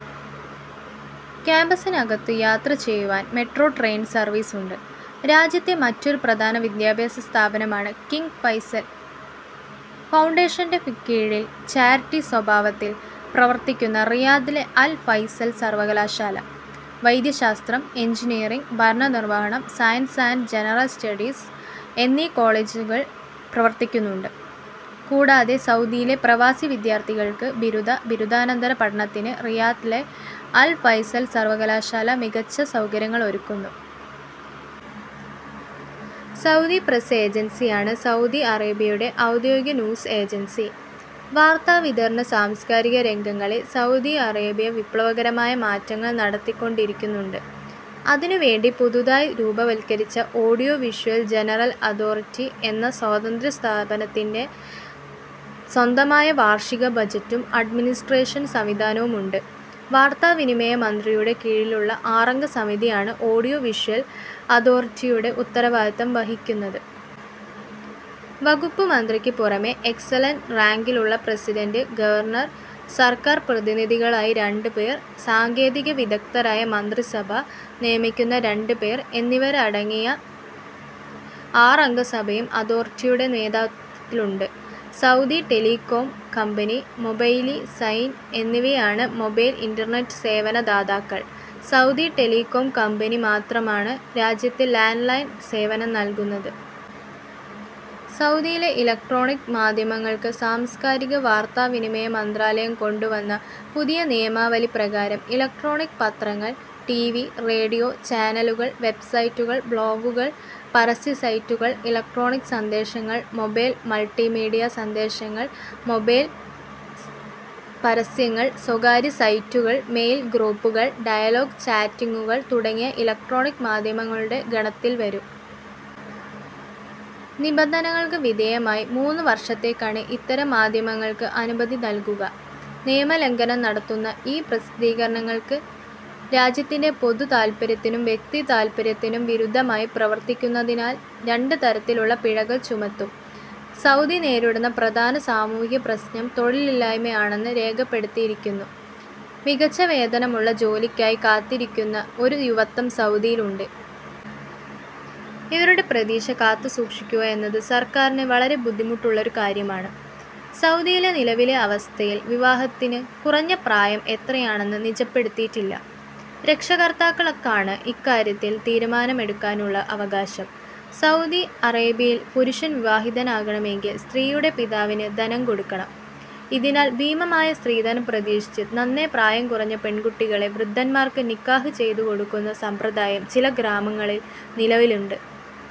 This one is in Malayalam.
ക്യാംപസിനകത്തു യാത്രചെയ്യുവാൻ മെട്രോ ട്രെയിൻ സർവീസുമുണ്ട്. രാജ്യത്തെ മറ്റൊരു പ്രധാന വിദ്യാഭ്യാസ സ്ഥാപനമാണ് കിങ് ഫൈസൽ ഫൗണ്ടേഷന്റെ കീഴിൽ ചാരിറ്റി സ്വഭാവത്തിൽ പ്രവർത്തിക്കുന്ന റിയാദിലെ അൽ ഫൈസൽ സർവകലാശാല. വൈദ്യശാസ്ത്രം, എൻജിനീയറിങ്, ഭരണ നിർവ്വഹണം, സയൻസ് ആന്റ് ജനറൽ സ്റ്റഡീസ് എന്നീ കോളജുകൾ പ്രവർത്തിക്കുന്നുണ്ട്. കൂടാതെ സൗദിയിലെ പ്രവാസി വിദ്യാർഥികൾക്ക് ബിരുദ, ബിരുദാനന്തര പഠനത്തിന് റിയാദിലെ അൽ ഫൈസൽ സർവകലാശാല മികച്ച സൗകര്യങ്ങളൊരുക്കുന്നു. സൗദി പ്രസ് ഏജൻസിയാണ് സൗദി അറേബ്യയുടെ ഔദ്യോഗിക ന്യൂസ് ഏജൻസി. വാർത്താവിതരണ, സാംസ്കാരിക രംഗങ്ങളിൽ സൗദി അറേബ്യ വിപ്ലവകരമായ മാറ്റങ്ങൾ നടത്തിക്കൊണ്ടിരിക്കുന്നുണ്ട്. അതിനു വേണ്ടി പുതുതായി രൂപവൽക്കരിച്ച ഓഡിയോ വിഷ്വൽ ജനറൽ അതോറിറ്റി എന്ന സ്വതന്ത്രസ്ഥാപനത്തിന് സ്വന്തമായ വാർഷിക ബജറ്റും അഡ്മിനിസ്ട്രേഷൻ സംവിധാനവുമുണ്ട്. വാർത്താവിനിമയ മന്ത്രിയുടെ കീഴിലുള്ള ആറംഗ സമിതിയാണ് ഓഡിയോവിഷൽ അതോറിറ്റിയുടെ ഉത്തരവാദിത്തം വഹിക്കുന്നത്. വകുപ്പുമന്ത്രിക്കു പുറമെ എക്സലൻറ് റാങ്കിലുള്ള പ്രസിഡൻറ്, ഗവർണർ, സർക്കാർ പ്രതിനിധികളായി രണ്ട് പേർ, സാങ്കേതിക വിദഗ്ദ്ധരായ മന്ത്രിസഭ നിയമിക്കുന്ന രണ്ട് പേർ എന്നിവരങ്ങിയ ആറംഗ സഭയും അതോറിറ്റിയുടെ മേധാവിത്വത്തിലുണ്ട്. Saudi Telecom Company, Mobily, Zain എന്നിവയാണ് മൊബൈൽ, ഇന്റർനെറ്റ് സേവന ദാദാക്കൾ. സൗദി ടെലികോം കമ്പനി മാത്രമാണ് രാജ്യത്ത് ലാൻഡ് ലൈൻ സേവനംനൽകുന്നത്. സൗദിയിലെ ഇലക്ട്രോണിക് മാധ്യമങ്ങൾക്ക് സാംസ്കാരിക-വാർത്താവിനിമയ മന്ത്രാലയം കൊണ്ടുവന്ന പുതിയ നിയമാവലി പ്രകാരം ഇലക്ട്രോണിക് പത്രങ്ങൾ, ടി. വി-റേഡിയോ ചാനലുകൾ, വെബ്സൈറ്റുകൾ, ബ്ലോഗുകൾ, പരസ്യ സൈറ്റുകൾ, ഇലക്ട്രോണിക് സന്ദേശങ്ങൾ, മൊബൈൽ-മൾട്ടിമീഡിയ സന്ദേശങ്ങൾ, മൊബൈൽ പരസ്യങ്ങൾ, സ്വകാര്യ സൈറ്റുകൾ, മെയിൽ ഗ്രൂപ്പുകൾ, ഡയലോഗ്-ചാറ്റിങ്ങുകൾ തുടങ്ങിയവ ഇലക്ട്രോണിക് മാധ്യമങ്ങളുടെ ഗണത്തിൽ വരും. നിബന്ധനകൾക്ക് വിധേയമായി മൂന്ന് വർഷത്തേക്കാണ് ഇത്തരം മാധ്യമങ്ങൾക്ക് അനുമതി നൽകുക. നിയമലംഘനം നടത്തുന്ന ഇ-പ്രസിദ്ധീകരണങ്ങൾക്ക് രാജ്യത്തിന്റെ പൊതു താൽപര്യത്തിനും വ്യക്തി താൽപര്യത്തിനും വിരുദ്ധമായി പ്രവർത്തിക്കുന്നതിനാൽ രണ്ട് തരത്തിലുള്ള പിഴകൾ ചുമത്തും.. സൗദി നേരിടുന്ന പ്രധാന സാമൂഹിക പ്രശ്നം തൊഴിലില്ലായ്മ ആണെന്ന് രേഖപ്പെടുത്തിയിരിക്കുന്നു. മികച്ച വേതനമുള്ള ജോലിക്കായി കാത്തിരിക്കുന്ന ഒരു യുവത്വം സൗദിയിലുണ്ട്. ഇവരുടെ പ്രതീക്ഷ കാത്തു സൂക്ഷിക്കുക എന്നത് സർക്കാരിന് വളരെ ബുദ്ധിമുട്ടുള്ള ഒരു കാര്യമാണ്.. സൗദിയിലെ നിലവിലെ അവസ്ഥയിൽ വിവാഹത്തിന് കുറഞ്ഞ പ്രായം എത്രയാണെന്ന് നിജപ്പെടുത്തിയിട്ടില്ല. രക്ഷാകർത്താക്കൾക്കാണ് ഇക്കാര്യത്തിൽ തീരുമാനമെടുക്കാനുള്ള അവകാശം. സൗദി അറേബ്യയിൽ പുരുഷൻ വിവാഹിതനാകണമെങ്കിൽ സ്ത്രീയുടെ പിതാവിന് ധനം കൊടുക്കണം. ഇതിനാൽ ഭീമമായ സ്ത്രീധനം പ്രതീക്ഷിച്ചു നന്നേ പ്രായം കുറഞ്ഞ പെൺകുട്ടികളെ വൃദ്ധന്മാർക്ക് നിക്കാഹ് ചെയ്തുകൊടുക്കുന്ന സമ്പ്രദായം ചില ഗ്രാമങ്ങളിൽ നിലവിലുണ്ട്.